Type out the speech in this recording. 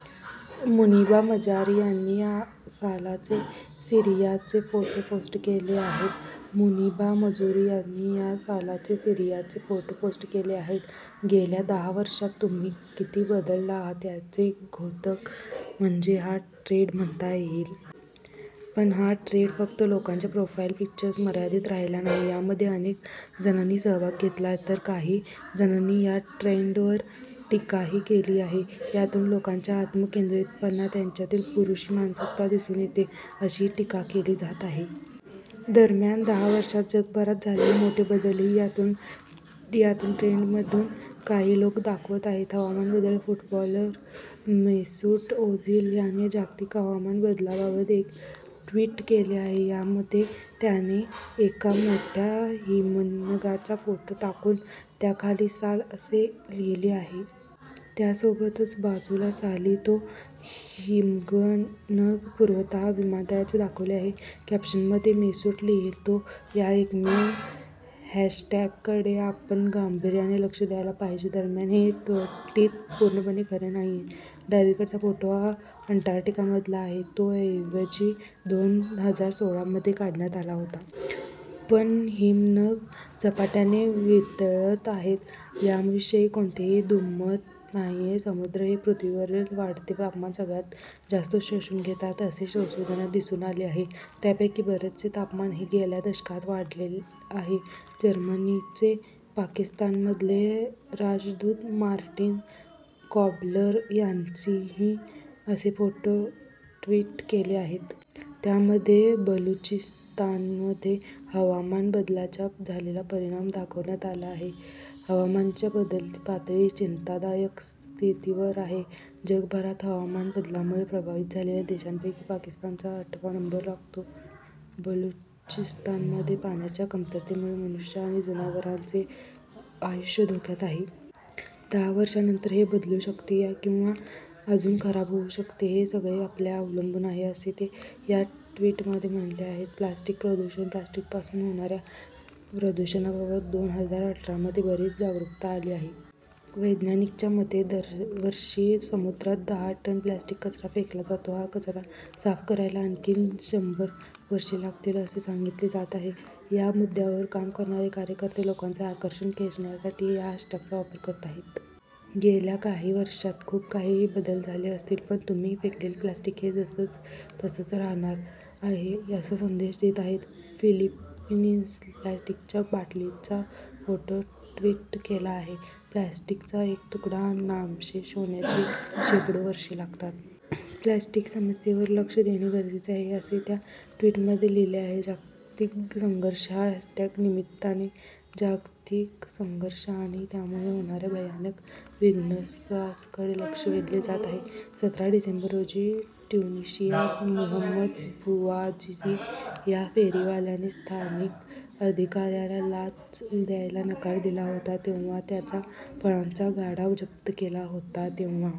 मुनिबा मजारी यांनी या सालाचे सीरियाचे फोटो पोस्ट केले आहेत. मुनिबा मजुरी यांनी या सालाचे सीरियाचे फोटो पोस्ट केले आहेत. गेल्या दहा वर्षांत तुम्ही किती बदलला आहात, याचे द्योतक म्हणजे हा ट्रेड म्हणता येईल. पण हा ट्रेड फक्त लोकांच्या प्रोफाईल पिक्चर्स मर्यादित राहिलेला नाही. यामध्ये अनेक जणांनी सहभाग घेतलाय तर काही जणांनी या ट्रेंडवर टीकाही केली आहे. यातून लोकांचा आत्मकेंद्रितपणा, त्यांच्यातील पुरुषी मानसिकता दिसून येते, अशी टीका केली जात आहे. दरम्यान, दहा वर्षांत जगभरात झालेले मोठे बदलही यातून यातून ट्रेंडमधून काही लोक दाखवत आहेत. हवामान बदल - फुटबॉलर मेसूट ओझिल याने जागतिक हवामान बदलाबाबत एक ट्वीट केले आहे. यामध्ये त्याने एक मोठ्या हिमनगाचा फोटो टाकून त्याखाली साल, असे लिहिले आहे. त्यासोबतच बाजूला साली तो हिमगनग पूर्वतः विमानतळल्याचे दाखवले आहे. कॅप्शनमध्ये मेसूट लिहितो, 'या एकमेव हॅशटॅग कडे आपण गांभीर्याने लक्ष द्यायला पाहिजे.' दरम्यान हे ट टिप पूर्णपणे खरे नाहीये. डावीकडचा फोटो हा अंटार्क्टिकामधला आहे. तो ऐवजी दोन हजार सोळा मध्ये काढण्यात आला होता. पण, हिमनग झपाट्याने वितळत आहेत, याविषयी कोणतेही दुमत नाहीये. समुद्र हे पृथ्वीवरील वाढते तापमान सगळ्यात जास्त शोषून घेतात, असे संशोधनात दिसून आले आहे. त्यापैकी बरेचसे तापमान हे गेल्या दशकातच वाढले आहे. जर्मनीचे पाकिस्तानमधले राजदूत मार्टिन कॉबलर यांचीही असे फोटो ट्वीट केले आहेत. त्यामध्ये बलुचिस्तानमध्ये हवामान बदलाचा झालेला परिणाम दाखवण्यात आला आहे. 'हवामानचे बदल पातळी चिंतादायक स्थितीवर आहे. जगभरात हवामान बदलामुळे प्रभावित झालेल्या देशांपैकी पाकिस्तानचा आठवा नंबर लागतो. बलुचिस्तानमध्ये पाण्याच्या कमतरतेमुळे मनुष्य आणि जनावरांचे आयुष्य धोक्यात आहे. दहा वर्षांनंतर हे बदलू शकते किंवा अजून खराब होऊ शकते. हे सगळे आपल्या अवलंबून आहे,' असे ते या ट्वीटमध्ये म्हणाले आहेत. प्लास्टिक प्रदूषण - प्लास्टिकपासून होणाऱ्या प्रदूषणाबाबत दोन हजार अठरा मध्ये बरीच जागरूकता आली आहे. वैज्ञानिकच्या मते दरवर्षी समुद्रात दहा टन प्लास्टिक कचरा फेकला जातो. हा कचरा साफ करायला आणखी शंभर वर्षे लागतील, असे सांगितले जात आहे. या मुद्द्यांवर काम करणारे कार्यकर्ते लोकांचे आकर्षण खेचण्यासाठी या हॅशटॅगचा वापर करत आहेत. गेल्या काही वर्षांत खूप काही बदल झाले असतील पण तुम्ही फेकलेले प्लास्टिक हे जसंच तसच राहणार आहे, असा संदेश देत आहेत. फिलिपिन्स प्लास्टिकच्या बाटलीचा फोटो ट्वीट केला आहे. 'प्लास्टिकचा एक तुकडा नामशेष होण्याची शेकडो वर्षे लागतात. प्लास्टिक समस्येवर लक्ष देणे गरजेचे आहे,' असे त्या ट्वीटमध्ये लिहिले आहे. जागतिक संघर्ष - या हॅशटॅग निमित्ताने जागतिक संघर्ष आणि त्यामुळे होणाऱ्या भयानक विधनसासकडेही लक्ष वेधले जात आहे. सतरा डिसेंबर रोजी ट्युनिशियात मोहम्मद बुआजिजी या फेरीवाल्याने स्थानिक अधिकाऱ्याला लाच द्यायला नकार दिला होता. तेव्हा त्याचा फळांचा गाडा जप्त केला होता. तेव्हा